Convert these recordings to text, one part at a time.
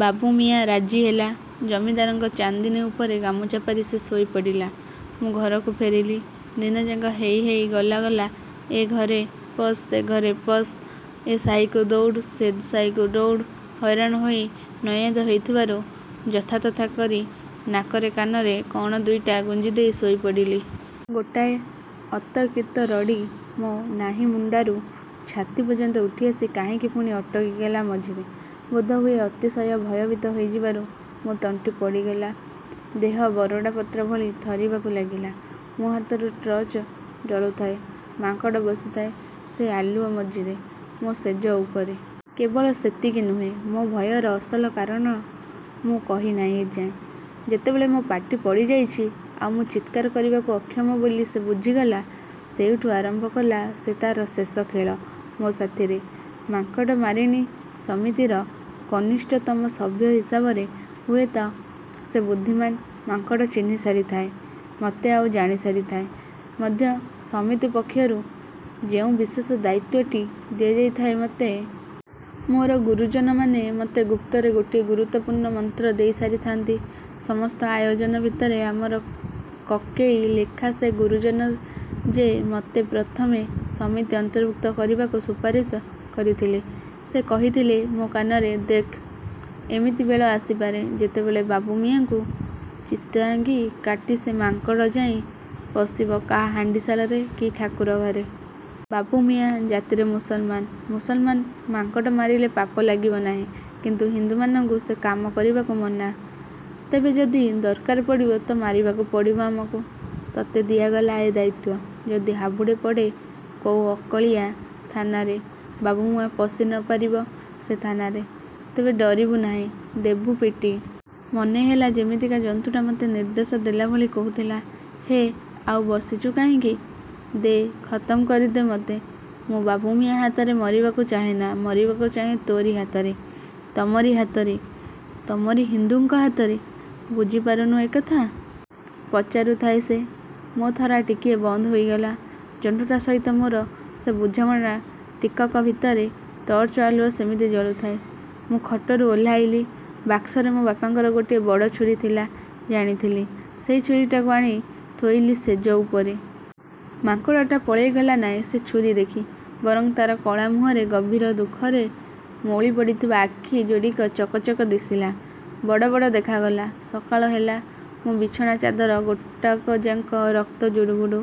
ବାବୁମିଆଁ ରାଜି ହେଲା। ଜମିଦାରଙ୍କ ଚାନ୍ଦିନୀ ଉପରେ ଗାମୁଛା ପାରି ସେ ଶୋଇପଡ଼ିଲା। ମୁଁ ଘରକୁ ଫେରିଲି। ଦିନଯାକ ହେଇ ହେଇ, ଗଲା ଗଲା, ଏ ଘରେ ପଶ ସେ ଘରେ ପଶ, ଏ ସାହିକୁ ଦୌଡ଼ ସେ ସାହିକୁ ଦୌଡ଼। ହଇରାଣ ହୋଇ ନୟାନ୍ତ ହୋଇଥିବାରୁ ଯଥାତଥା କରି ନାକରେ କାନରେ କ'ଣ ଦୁଇଟା ଗୁଞ୍ଜିଦେଇ ଶୋଇପଡ଼ିଲି। ଗୋଟାଏ ଅତର୍କିତ ରଡ଼ି ମୋ ନାହି ମୁଣ୍ଡାରୁ ଛାତି ପର୍ଯ୍ୟନ୍ତ ଉଠିଆସି କାହିଁକି ପୁଣି ଅଟକିଗଲା ମଝିରେ। ବୋଧହୁଏ ଅତିଶୟ ଭୟଭୀତ ହୋଇଯିବାରୁ ମୋ ତଣ୍ଟି ପଡ଼ିଗଲା। ଦେହ ବରଡ଼ାପତ୍ର ଭଳି ଥରିବାକୁ ଲାଗିଲା। ମୋ ହାତରୁ ଟର୍ଚ୍ଚ ଜଳୁଥାଏ। ମାଙ୍କଡ଼ ବସିଥାଏ ସେଇ ଆଲୁଅ ମଝିରେ, ମୋ ଶେଯ ଉପରେ। କେବଳ ସେତିକି ନୁହେଁ। ମୋ ଭୟର ଅସଲ କାରଣ ମୁଁ କହିନାହିଁ ଏଯାଏ। ଯେତେବେଳେ ମୋ ପାଟି ପଡ଼ିଯାଇଛି ଆଉ ମୁଁ ଚିତ୍କାର କରିବାକୁ ଅକ୍ଷମ ବୋଲି ସେ ବୁଝିଗଲା, ସେଇଠୁ ଆରମ୍ଭ କଲା ସେ ତାର ଶେଷ ଖେଳ ମୋ ସାଥିରେ। ମାଙ୍କଡ଼ମାରିଣୀ ସମିତିର କନିଷ୍ଠତମ ସଭ୍ୟ ହିସାବରେ ହୁଏତ ସେ ବୁଦ୍ଧିମାନ ମାଙ୍କଡ଼ ଚିହ୍ନିସାରିଥାଏ ମତେ ଆଉ ଜାଣିସାରିଥାଏ ମଧ୍ୟ ସମିତି ପକ୍ଷରୁ ଯେଉଁ ବିଶେଷ ଦାୟିତ୍ୱଟି ଦିଆଯାଇଥାଏ ମତେ। ମୋର ଗୁରୁଜନମାନେ ମତେ ଗୁପ୍ତରେ ଗୋଟିଏ ଗୁରୁତ୍ୱପୂର୍ଣ୍ଣ ମନ୍ତ୍ର ଦେଇସାରିଥାନ୍ତି ସମସ୍ତ ଆୟୋଜନ ଭିତରେ। ଆମର କକେଇ ଲେଖା ସେ ଗୁରୁଜନ ଯେ ମତେ ପ୍ରଥମେ ସମିତି ଅନ୍ତର୍ଭୁକ୍ତ କରିବାକୁ ସୁପାରିଶ କରିଥିଲେ, ସେଇ କହିଥିଲେ ମୋ କାନରେ, ଦେଖ! ଏମିତି ବେଳ ଆସିପାରେ ଯେତେବେଳେ ବାବୁମିଆଁକୁ ଚିତ୍ରାଙ୍ଗି କାଟି ସେ ମାଙ୍କଡ଼ ଯାଇ ପଶିବ କା ହାଣ୍ଡିଶାଳରେ କି ଠାକୁର ଘରେ। ବାବୁମିଆଁ ଜାତିରେ ମୁସଲମାନ। ମୁସଲମାନ ମାଙ୍କଡ଼ ମାରିଲେ ପାପ ଲାଗିବ ନାହିଁ। କିନ୍ତୁ ହିନ୍ଦୁମାନଙ୍କୁ ସେ କାମ କରିବାକୁ ମନା। ତେବେ ଯଦି ଦରକାର ପଡ଼ିବ ତ ମାରିବାକୁ ପଡ଼ିବ ଆମକୁ। ତତେ ଦିଆଗଲା ଏ ଦାୟିତ୍ୱ। ଯଦି ହାବୁଡ଼େ ପଡ଼େ କୋଉ ଅକଳିଆ ଥାନାରେ, ବାବୁମିଆଁ ପଶି ନ ପାରିବ ସେ ଥାନାରେ, ତେବେ ଡରିବୁ ନାହିଁ, ଦେବୁ ପିଟି। ମନେହେଲା ଯେମିତିକା ଜନ୍ତୁଟା ମତେ ନିର୍ଦ୍ଦେଶ ଦେଲା ଭଳି କହୁଥିଲା, ହେ! ଆଉ ବସିଛୁ କାହିଁକି? ଦେ, ଖତମ କରିଦେ ମତେ। ମୁଁ ବାବୁମିଆଁ ହାତରେ ମରିବାକୁ ଚାହେଁନା, ମରିବାକୁ ଚାହେଁ ତୋରି ହାତରେ! ତମରି ହାତରେ! ତମରି ହିନ୍ଦୁଙ୍କ ହାତରେ! ବୁଝିପାରୁନୁ ଏ କଥା? ପଚାରୁଥାଏ ସେ। ମୋ ଥରା ଟିକିଏ ବନ୍ଦ ହୋଇଗଲା, ଜନ୍ତୁଟା ସହିତ ମୋର ସେ ବୁଝାମଣା ଟିକକ ଭିତରେ। ଟର୍ଚ୍ଚ ଆଲୁଅ ସେମିତି ଜଳୁଥାଏ। ମୁଁ ଖଟରୁ ଓହ୍ଲାଇଲି। ବାକ୍ସରେ ମୋ ବାପାଙ୍କର ଗୋଟିଏ ବଡ଼ ଛୁରୀ ଥିଲା, ଜାଣିଥିଲି। ସେଇ ଛୁରୀଟାକୁ ଆଣି ଥୋଇଲି ଶେଯ ଉପରେ। ମାଙ୍କଡ଼ଟା ପଳେଇଗଲା ନାହିଁ ସେ ଛୁରୀ ଦେଖି। ବରଂ ତାର କଳା ମୁହଁରେ ଗଭୀର ଦୁଃଖରେ ମଉଳିପଡ଼ିଥିବା ଆଖି ଯୋଡ଼ିକ ଚକଚକ ଦିଶିଲା। ବଡ଼ ବଡ଼ ଦେଖାଗଲା। ସକାଳ ହେଲା। ମୋ ବିଛଣାଚାଦର ଗୋଟାକଯାକ ରକ୍ତ ଜୁଡ଼ୁବୁଡ଼ୁ।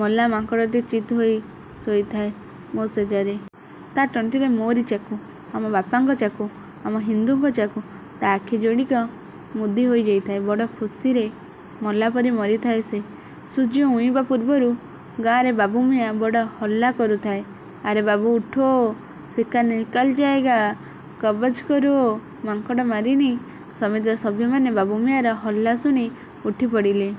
ମଲା ମାଙ୍କଡ଼ଟି ଚିତ୍ ହୋଇ ଶୋଇଥାଏ ମୋ ଶେଯରେ। ତା' ତଣ୍ଟିରେ ମୋରି ଚାକୁ, ଆମ ବାପାଙ୍କ ଚାକୁ, ଆମ ହିନ୍ଦୁଙ୍କ ଚାକୁ। ତା' ଆଖି ଯୋଡ଼ିକ ମୁଦିହୋଇଯାଇଥାଏ। ବଡ଼ ଖୁସିରେ ମଲା ପରି ମରିଥାଏ ସେ। ସୂର୍ଯ୍ୟ ଉଇଁବା ପୂର୍ବରୁ ଗାଁରେ ବାବୁମିଆଁ ବଡ଼ ହଲ୍ଲା କରୁଥାଏ, ଆରେ ବାବୁ ଉଠୋ! ଶିକାର ନିକଲ ଯାଏଗା। କବଜ୍ କରୋ। ମାଙ୍କଡ଼ମାରିଣୀ ସମିତିର ସଭ୍ୟମାନେ ବାବୁମିଆଁର ହଲ୍ଲା ଶୁଣି ଉଠିପଡ଼ିଲେ।